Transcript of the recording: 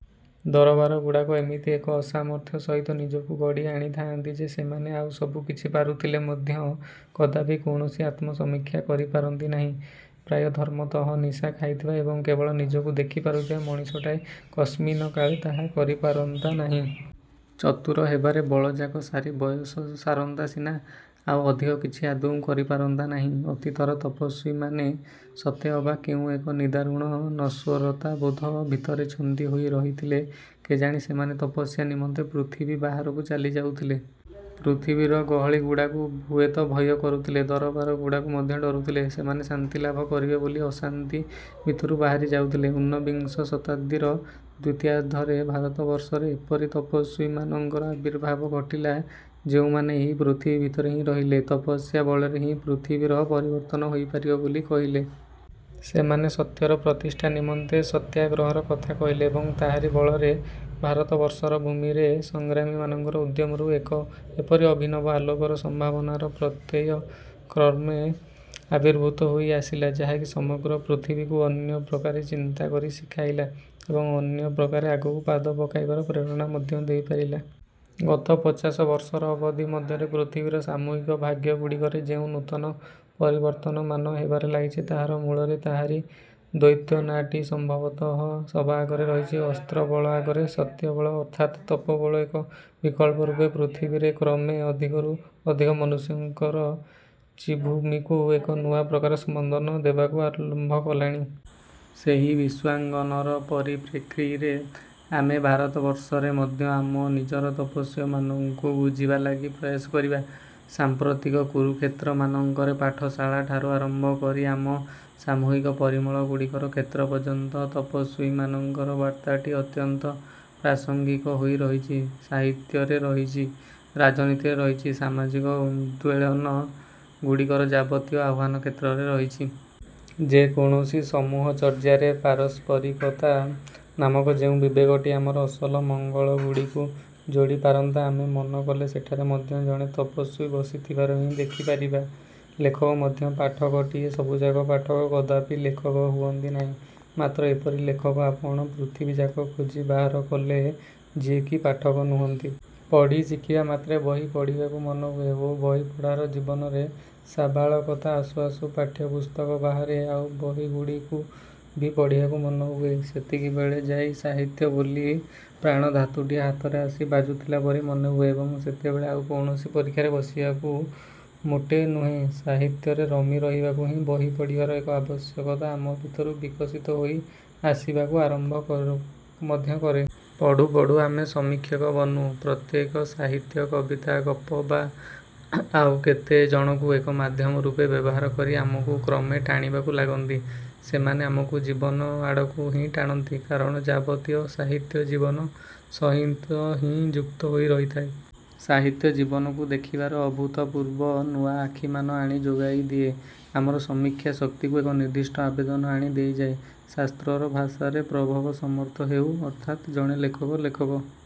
ଦରବାରଗୁଡ଼ାକ ଏମିତି ଏକ ଅସାମର୍ଥ୍ୟ ସହିତ ନିଜକୁ ଗଢ଼ି ଆଣିଥାଆନ୍ତି ଯେ ସେମାନେ ଆଉ ସବୁ କିଛି ପାରୁଥିଲେ ମଧ୍ୟ କଦାପି କୌଣସି ଆତ୍ମସମୀକ୍ଷା କରିପାରନ୍ତି ନାହିଁ। ପ୍ରାୟ ଧର୍ମତଃ ନିଶା ଖାଇଥିବା ଏବଂ କେବଳ ନିଜକୁ ଦେଖି ପାରୁଥିବା ମଣିଷଟାଏ କସ୍ମିନକାଳେ ତାହା କରିପାରନ୍ତା ନାହିଁ। ଚତୁର ହେବାରେ ବଳଯାକ ସାରି ବୟସ ସାରନ୍ତା ସିନା, ଆଉ ଅଧିକ କିଛି ଆଦୌ କରିପାରନ୍ତା ନାହିଁ। ଅତୀତର ତପସ୍ୱୀମାନେ ସତେ ଅବା କେଉଁ ଏକ ନିଦାରୁଣ ନଶ୍ୱରତାବୋଧ ଭିତରେ ଛନ୍ଦି ହୋଇ ରହିଥିଲେ କେଜାଣି ସେମାନେ ତପସ୍ୟା ନିମନ୍ତେ ପୃଥିବୀ ବାହାରକୁ ଚାଲି ଯାଉଥିଲେ। ପୃଥିବୀର ଗହଳିଗୁଡ଼ାକୁ ହୁଏତ ଭୟ କରୁଥିଲେ, ଦରବାରଗୁଡ଼ାକୁ ମଧ୍ୟ ଡ଼ରୁଥିଲେ। ସେମାନେ ଶାନ୍ତିଲାଭ କରିବେ ବୋଲି ଅଶାନ୍ତି ଭିତରୁ ବାହାରି ଯାଉଥିଲେ। ଊନବିଂଶ ଶତାବ୍ଦୀର ଦ୍ୱିତୀୟାର୍ଦ୍ଧରେ ଭାରତବର୍ଷର ଏପରି ତପସ୍ୱୀମାନଙ୍କର ଆବିର୍ଭାବ ଘଟିଲା, ଯେଉଁମାନେ ଏହି ପୃଥିବୀ ଭିତରେ ହିଁ ରହିଲେ, ତପସ୍ୟା ବଳରେ ହିଁ ପୃଥିବୀର ପରିବର୍ତ୍ତନ ହୋଇପାରିବ ବୋଲି କହିଲେ। ସେମାନେ ସତ୍ୟର ପ୍ରତିଷ୍ଠା ନିମନ୍ତେ ସତ୍ୟାଗ୍ରହର କଥା କହିଲେ ଏବଂ ତାହାରି ବଳରେ ଭାରତବର୍ଷର ଭୂମିରେ ସଂଗ୍ରାମୀମାନଙ୍କର ଉଦ୍ୟମରୁ ଏକ ଏପରି ଅଭିନବ ଆଲୋକର ସମ୍ଭାବନାର ପ୍ରତ୍ୟୟ କ୍ରମେ ଆବିର୍ଭୂତ ହୋଇ ଆସିଲା ଯାହାକି ସମଗ୍ର ପୃଥିବୀକୁ ଅନ୍ୟପ୍ରକାରେ ଚିନ୍ତାକରି ଶିଖାଇଲା ଏବଂ ଅନ୍ୟ ପ୍ରକାରେ ଆଗକୁ ପାଦ ପକାଇବାର ପ୍ରେରଣା ମଧ୍ୟ ଦେଇପାରିଲା। ଗତ ପଚାଶ ବର୍ଷର ଅବଧି ମଧ୍ୟରେ ପୃଥିବୀର ସାମୂହିକ ଭାଗ୍ୟଗୁଡ଼ିକରେ ଯେଉଁ ନୂତନ ପରିବର୍ତ୍ତନମାନ ହେବାରେ ଲାଗିଚି ତାହାର ମୂଳରେ ତାହାରି ଦ୍ୟୋତନାଟି ସମ୍ଭବତଃ ସବାଆଗରେ ରହିଚି। ଅସ୍ତ୍ରବଳ ଆଗରେ ସତ୍ୟବଳ ଅର୍ଥାତ୍ ତପୋବଳ ଏକ ବିକଳ୍ପ ରୂପେ ପୃଥିବୀରେ କ୍ରମେ ଅଧିକରୁ ଅଧିକ ମନୁଷ୍ୟଙ୍କର ଚିଦ୍ଭୂମିକୁ ଏକ ନୂଆ ପ୍ରକାର ସ୍ପନ୍ଦନ ଦେବାକୁ ଆରମ୍ଭ କଲାଣି। ସେହି ବିଶ୍ୱାଙ୍ଗନର ପରିପ୍ରେକ୍ଷୀରେ ଆମେ ଭାରତବର୍ଷରେ ମଧ୍ୟ ଆମ ନିଜର ତପସ୍ୱୀମାନଙ୍କୁ ବୁଝିବାଲାଗି ପ୍ରୟାସ କରିବା। ସାମ୍ପ୍ରତିକ କୁରୁକ୍ଷେତ୍ରମାନଙ୍କରେ ପାଠଶାଳା ଠାରୁ ଆରମ୍ଭ କରି ଆମ ସାମୂହିକ ପରିମଳଗୁଡ଼ିକର କ୍ଷେତ୍ର ପର୍ଯ୍ୟନ୍ତ ତପସ୍ୱୀମାନଙ୍କର ବାର୍ତ୍ତାଟି ଅତ୍ୟନ୍ତ ପ୍ରାସଙ୍ଗିକ ହୋଇରହିଚି। ସାହିତ୍ୟରେ ରହିଚି, ରାଜନୀତିରେ ରହିଚି, ସାମାଜିକ ଉଦ୍ବେଳନ ଗୁଡ଼ିକର ଯାବତୀୟ ଆହ୍ୱାନକ୍ଷେତ୍ରରେ ରହିଚି। ଯେକୌଣସି ସମୂହଚର୍ଯ୍ୟାରେ ପାରସ୍ପରିକତା ନାମକ ଯେଉଁ ବିବେକଟି ଆମର ଅସଲ ମଙ୍ଗଗୁଡ଼ିକୁ ଯୋଡ଼ିପାରନ୍ତା ଆମେ ମନ କଲେ ସେଠାରେ ମଧ୍ୟ ଜଣେ ତପସ୍ୱୀ ବସିଥିବାର ହିଁ ଦେଖିପାରିବା। ଲେଖକ ମଧ୍ୟ ପାଠକଟିଏ ସବୁଯାକ ପାଠକ କଦାପି ଲେଖକ ହୁଅନ୍ତି ନାହିଁ, ମାତ୍ର ଏପରି ଲେଖକ ଆପଣ ପୃଥିବୀଯାକ ଖୋଜି ବାହାର କଲେ ଯିଏକି ପାଠକ ନୁହନ୍ତି। ପଢ଼ି ଶିଖିବାମାତ୍ରେ ବହି ପଢ଼ିବାକୁ ମନହୁଏ ଓ ବହିପଢାର ଜୀବନରେ ସାବାଳକତା ଆସୁ ଆସୁ ପାଠ୍ୟପୁସ୍ତକ ବାହାରେ ଆଉ ବହିଗୁଡ଼ିକୁ ବି ପଢ଼ିବାକୁ ମନହୁଏ। ସେତିକିବେଳେ ଯାଇ ସାହିତ୍ୟ ବୋଲି ପ୍ରାଣଧାତୁଟିଏ ହାତରେ ଆସି ବାଜୁଥିଲା ପରି ମନେହୁଏ ଏବଂ ସେତେବେଳେ ଆଉ କୌଣସି ପରୀକ୍ଷାରେ ବସିବାକୁ ମୋଟେ ନୁହେଁ, ସାହିତ୍ୟରେ ରମି ରହିବାକୁ ହିଁ ବହି ପଢ଼ିବାର ଏକ ଆବଶ୍ୟକତା ଆମ ଭିତରୁ ବିକଶିତ ହୋଇ ଆସିବାକୁ ଆରମ୍ଭ ମଧ୍ୟ କରୁ କରେ। ପଢୁ ପଢୁ ଆମେ ସମୀକ୍ଷକ ବନୁ। ପ୍ରତ୍ୟେକ ସାହିତ୍ୟ, କବିତା, ଗପ ବା ଆଉ କେତେ କଣକୁ ଏକ ମାଧ୍ୟମ ରୂପେ ବ୍ୟବହାର କରି ଆମକୁ କ୍ରମେ ଟାଣିବାକୁ ଲାଗନ୍ତି। ସେମାନେ ଆମକୁ ଜୀବନ ଆଡ଼କୁ ହିଁ ଟାଣନ୍ତି। କାରଣ ଯାବତୀୟ ସାହିତ୍ୟ ଜୀବନ ସହିତ ହିଁ ଯୁକ୍ତ ହୋଇ ରହିଥାଏ। ସାହିତ୍ୟ ଜୀବନକୁ ଦେଖିବାର ଅଭୂତପୂର୍ବ ନୂଆ ଆଖିମାନ ଆଣି ଯୋଗାଇଦିଏ, ଆମର ସମୀକ୍ଷା ଶକ୍ତିକୁ ଏକ ନିର୍ଦ୍ଦିଷ୍ଟ ଆବେଦନ ଆଣି ଦେଇଯାଏ। ଶାସ୍ତ୍ରର ଭାଷାରେ ପ୍ରଭବସମର୍ଥ ହେଉ। ଅର୍ଥାତ୍ ଜଣେ ଲେଖକ ଲେଖକ